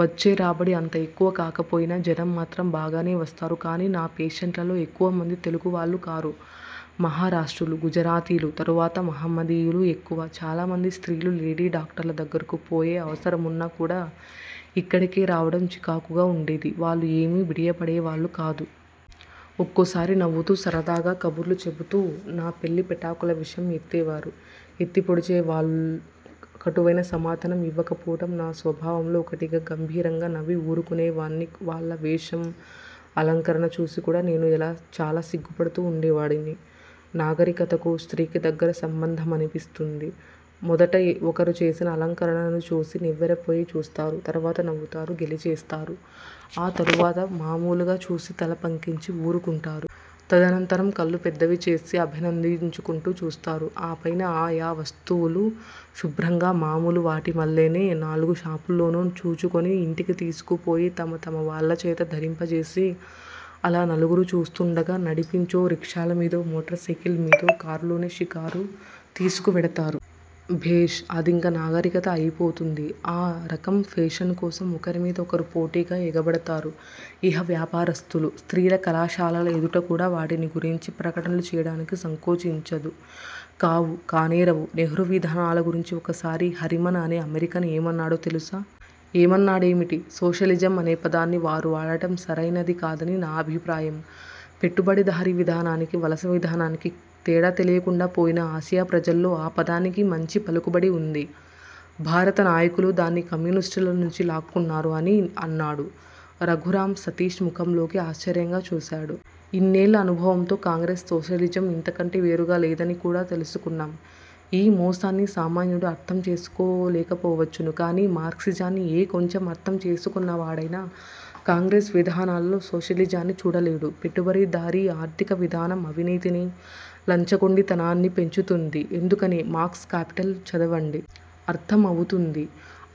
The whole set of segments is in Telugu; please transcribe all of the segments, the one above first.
వచ్చే రాబడి అంత ఎక్కువ కాకపోయినా జనం మాత్రం బాగానే వస్తారు. కాని నా పేషెంట్లలో ఎక్కువమంది తెలుగు వాళ్ళు కారు. మహారాష్ట్రులు, గుజరాతీలూ, తరువాత మహమ్మదీయులూ యెక్కువ. చాలామంది స్త్రీలు లేడీడాక్టర్ల దగ్గరకు పోయె అవసరమున్నా కూడా యిక్కడికే రావటం చికాకుగా వుండేది. వాళ్ళు ఏమీ బిడియపడేవాళ్ళు కాదు. ఒక్కోసారి నవ్వుతూ సరదాగా కబుర్లు చెబుతూ, నా పెళ్ళిపెటాకుల విషయం ఎత్తేవారు, ఎత్తిపొడిచేవాళ్ళు కటువైన సమాధానం యివ్వకపోవటం నా స్వభావంలో ఒకటిగా! గంభీరంగా నవ్వి ఊరుకునేవాడ్ని. వాళ్ళ వేషం, అలంకరణ చూసికూడా నేను చాలా సిగ్గుపడుతూ వుండేవాడిని. నాగరికతకూ స్త్రీకి దగ్గర సంబంధమనిపిస్తుంది. మొదట ఒకరు చేసిన అలంకరణను చూసి నివ్వెరపోయి చూస్తారు తరువాత నవ్వుతారు, గేలిచేస్తారు, ఆ తఃరువాత మామూలుగా చూసి తలపంకించి వూరుకుంటారు. తదనంతరం కళ్ళు పెద్దవి చేసి అభినందించుకొంటూ చూస్తారు! ఆ పైన ఆ యా వస్తువులు శుభ్రంగా మామూలు వాటిమల్లేనే నాలుగు షాపుల్లోనూ చూచుకొని యింటికి తీసుకుపోయి తమ తమ వాళ్ళచేత ధరింపజేసి, అలా నలుగురూ చూస్తుండగా నడిపించో, రిక్షాలమీదో, మోటార్ సైకిల్ మీదో, కారులోనో షికారు తీసుకువెడతారు! భేష్! అదింక నాగరికత అయిపోతుంది. ఆ రకం ఫేషన్ కోసం ఒకరిమీద ఒకరు పోటీగా ఎగబడతారు. ఇహ వ్యాపారస్థులు, స్త్రీల కళాశాలల ఎదుటకూడా వాటిని గురించి ప్రకటనలు చేయటానికి సంకోచించదు. కావు! కానేరవు! నెహ్రూ విధానాల గురించి ఒకసారి హరిమన్ అనే అమెరికన్ ఏమన్నాడో తెలుసా? ఏమన్నాడేమిటి? సోషలిజం అనే పదాన్ని వారు వాడటం సరయినదికాదని నా అభిప్రాయం. పెట్టుబడిదారీ విధానానికీ వలస విధానానికీ తేడా తెలియకుండా పోయిన ఆసియా ప్రజల్లో ఆ పదానికి మంచి పలుకుబడి వుంది. భారత నాయకులు దాన్ని కమ్యూనిస్టులనుంచి లాక్కున్నారు అని అన్నాడు. రఘురాం సతీష్ ముఖంలోకి ఆశ్చర్యంగా చూశాడు. ఇన్నేళ్ళ అనుభవంతో కాంగ్రెస్ సోషలిజం ఇంతకంటే వేరుగా లేదనికూడా తెలుసుకున్నాం! ఈ మోసాన్ని సామాన్యుడు అర్థం చేసుకోలేకపోవచ్చును. కాని మార్క్సిజాన్ని ఏ కొంచెం అర్థం చేసుకున్నవాడైనా కాంగ్రెస్ విధానాలలో సోషలిజాన్ని చూడలేడు. పెట్టుబడిదారీ ఆర్ధిక విధానం అవినీతినీ, లంచగొండితనాన్నీ పెంచుతుంది. ఎందుకని? మార్క్స్ కాపిటల్ చదవండి! అర్థం అవుతుంది.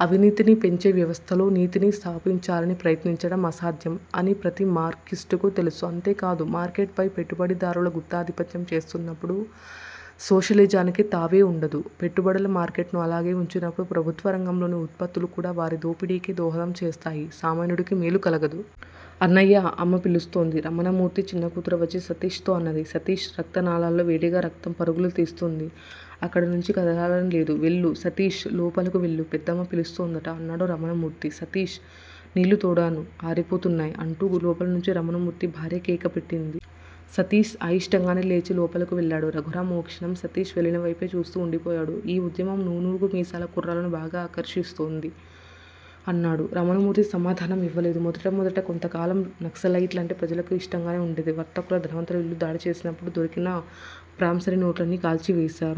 అవినీతిని పెంచేవ్యవస్థలో, నీతిని స్థాపించాలని ప్రయత్నించడం అసాధ్యం అని ప్రతి మార్క్సుస్టుకూ తెలుసు! అంతేకాదు. మార్కెట్ పై పెట్టుబడిదారులు గుత్తాధిపత్యం చేస్తున్నప్పుడు సోషలిజానికి తావే వుండదు. పెట్టుబడుల మార్కెట్ ను అలాగే వుంచినప్పుడు, ప్రభుత్వరంగంలోని ఉత్పత్తులుకూడా వారి దోపిడీకే దోహదం చేస్తాయి. సామాన్యుడికి మేలు కలగదు. అన్నయ్యా! అమ్మ పిలుస్తోంది! రమణమూర్తి చిన్నకూతురు వచ్చి సతీష్ తో అన్నది. సతీష్ రక్తనాళాల్లో వేడిగా రక్తం పరుగులు తీస్తూంది. అక్కడనుంచి కదలాలని లేదు. వెళ్ళు సతీష్! లోపలకు వెళ్ళు! పెద్దమ్మ పిలుస్తోందట! అన్నాడు రమణమూర్తి. సతీష్! నీళ్ళు తోడాను! ఆరిపోతున్నాయ్! అంటూ లోపలనుంచి రమణమూర్తి భార్య కేకపెట్టింది. సతీష్ అయిష్టంగానే లేచి లోపలకు వెళ్ళాడు. రఘురాం ఓ క్షణం సతీష్ వెళ్లినవైపే చూస్తూ వుండిపోయాడు. ఈ ఉద్యమం నూనూగు మీసాల కుర్రాళ్ళను బాగా ఆకర్షిస్తోంది! అన్నాడు. రమణమూర్తి సమాధానం ఇవ్వలేదు. మొదట మొదట కొంతకాలం నక్సలైట్లంటే ప్రజలకు ఇష్టంగానే ఉండేది. వర్తకుల, ధనవంతుల ఇళ్ళు దాడిచేసినప్పుడు దొరికిన ప్రామిసరీనోట్లన్నీ కాల్చి వేశారు.